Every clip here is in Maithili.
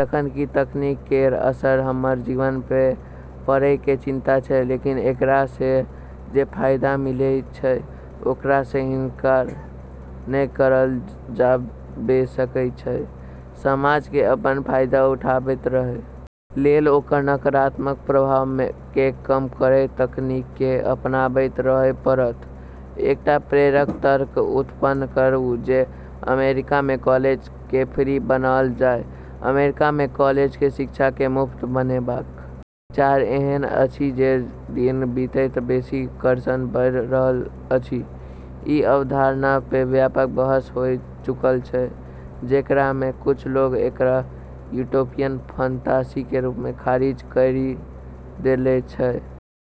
जखन कि तकनीक केरऽ असर हमरऽ जीवन पे पड़ै के चिंता छै लेकिन एकरा से जे फायदा मिलै छै ओकरा से इनकार नै करलऽ जाबे सकै छै। समाज के अपन फायदा उठाबैत रहय लेल ओकर नकारात्मक प्रभाव के कम करैत तकनीक के अपनाबैत रहय पड़त, एकटा प्रेरक तर्क उत्पन्न करू जे अमेरिका में कॉलेज के फ्री बनाओल जाय, अमेरिका में कॉलेज के शिक्षा के मुफ्त बनेबाक विचार एहन अछि जे दिन बीतैत बेसी कर्षण बढ़ि रहल अछि, ई अवधारणा पे व्यापक बहस होय चुकलऽ छै जेकरा मे कुछ लोगऽ एकरा यूटोपियन फंतासी के रूप मे खारिज करी देले छै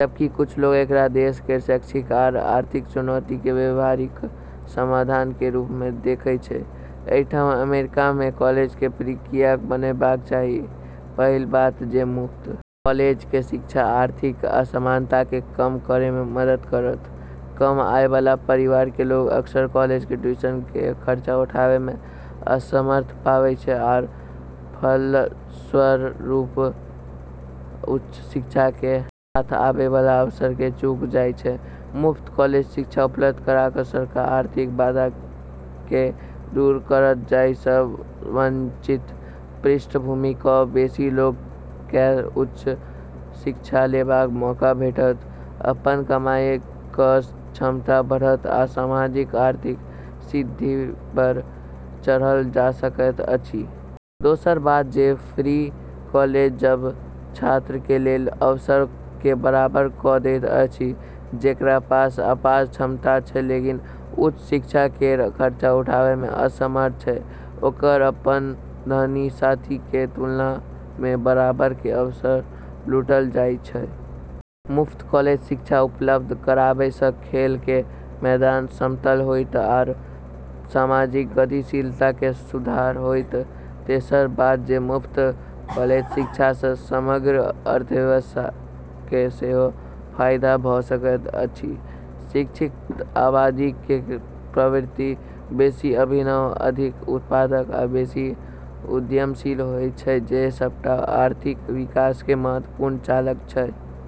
जबकि कुछ लोगऽ एकरा देश केरऽ शैक्षिक आरू आर्थिक चुनौती के व्यावहारिक समाधान के रूप मे देखै छै, एहि ठाम अमेरिका मे कॉलेज के फ्री किएक बनाबय के चाही, पहिल बात जे मुफ्त कॉलेज के शिक्षा आर्थिक असमानता के कम करय मे मदद करत, कम आय वाला परिवार के लोग अक्सर कॉलेज के ट्यूशन के खर्चा उठाबै में असमर्थ पाबै छै आरू फलस्वरूप उच्च शिक्षा के साथ आबै वाला अवसर के चूक जाय छै, मुफ्त कॉलेज शिक्षा उपलब्ध करा क सरकार आर्थिक बाधा कए दूर करत जाहि स वंचित पृष्ठभूमि क बेसी लोक कए उच्च शिक्षा लेबाक मौका भेटत, अपन कमाई क क्षमता बढ़त, आ सामाजिक आर्थिक सीढ़ी पर चढ़ल जा सकैत अछि। दोसर बात जे फ्री कॉलेज सब छात्र के लेल अवसर के बराबर क दैत अछि जेकरा पास अपार क्षमता छै लेकिन उच्च शिक्षा केरऽ खर्चा उठाबै मे असमर्थ छै ओकरा अपनऽ धनी साथी के तुलना मे बराबर के अवसर लूटलऽ जाय छै। मुफ्त कॉलेज शिक्षा उपलब्ध कराबय सं खेल के मैदान समतल होएत आओर सामाजिक गतिशीलता मे सुधार होएत, तेसर बात जे मुफ्त कॉलेज शिक्षा सं समग्र अर्थव्यवस्था के सेहो फायदा भ सकैत अछि, शिक्षित आबादी कें प्रवृत्ति बेसि अभिनव, अधिक उत्पादक आ बेसि उद्यमशील होयत छै जे सबटा आर्थिक विकास कें महत्वपूर्ण चालक छै।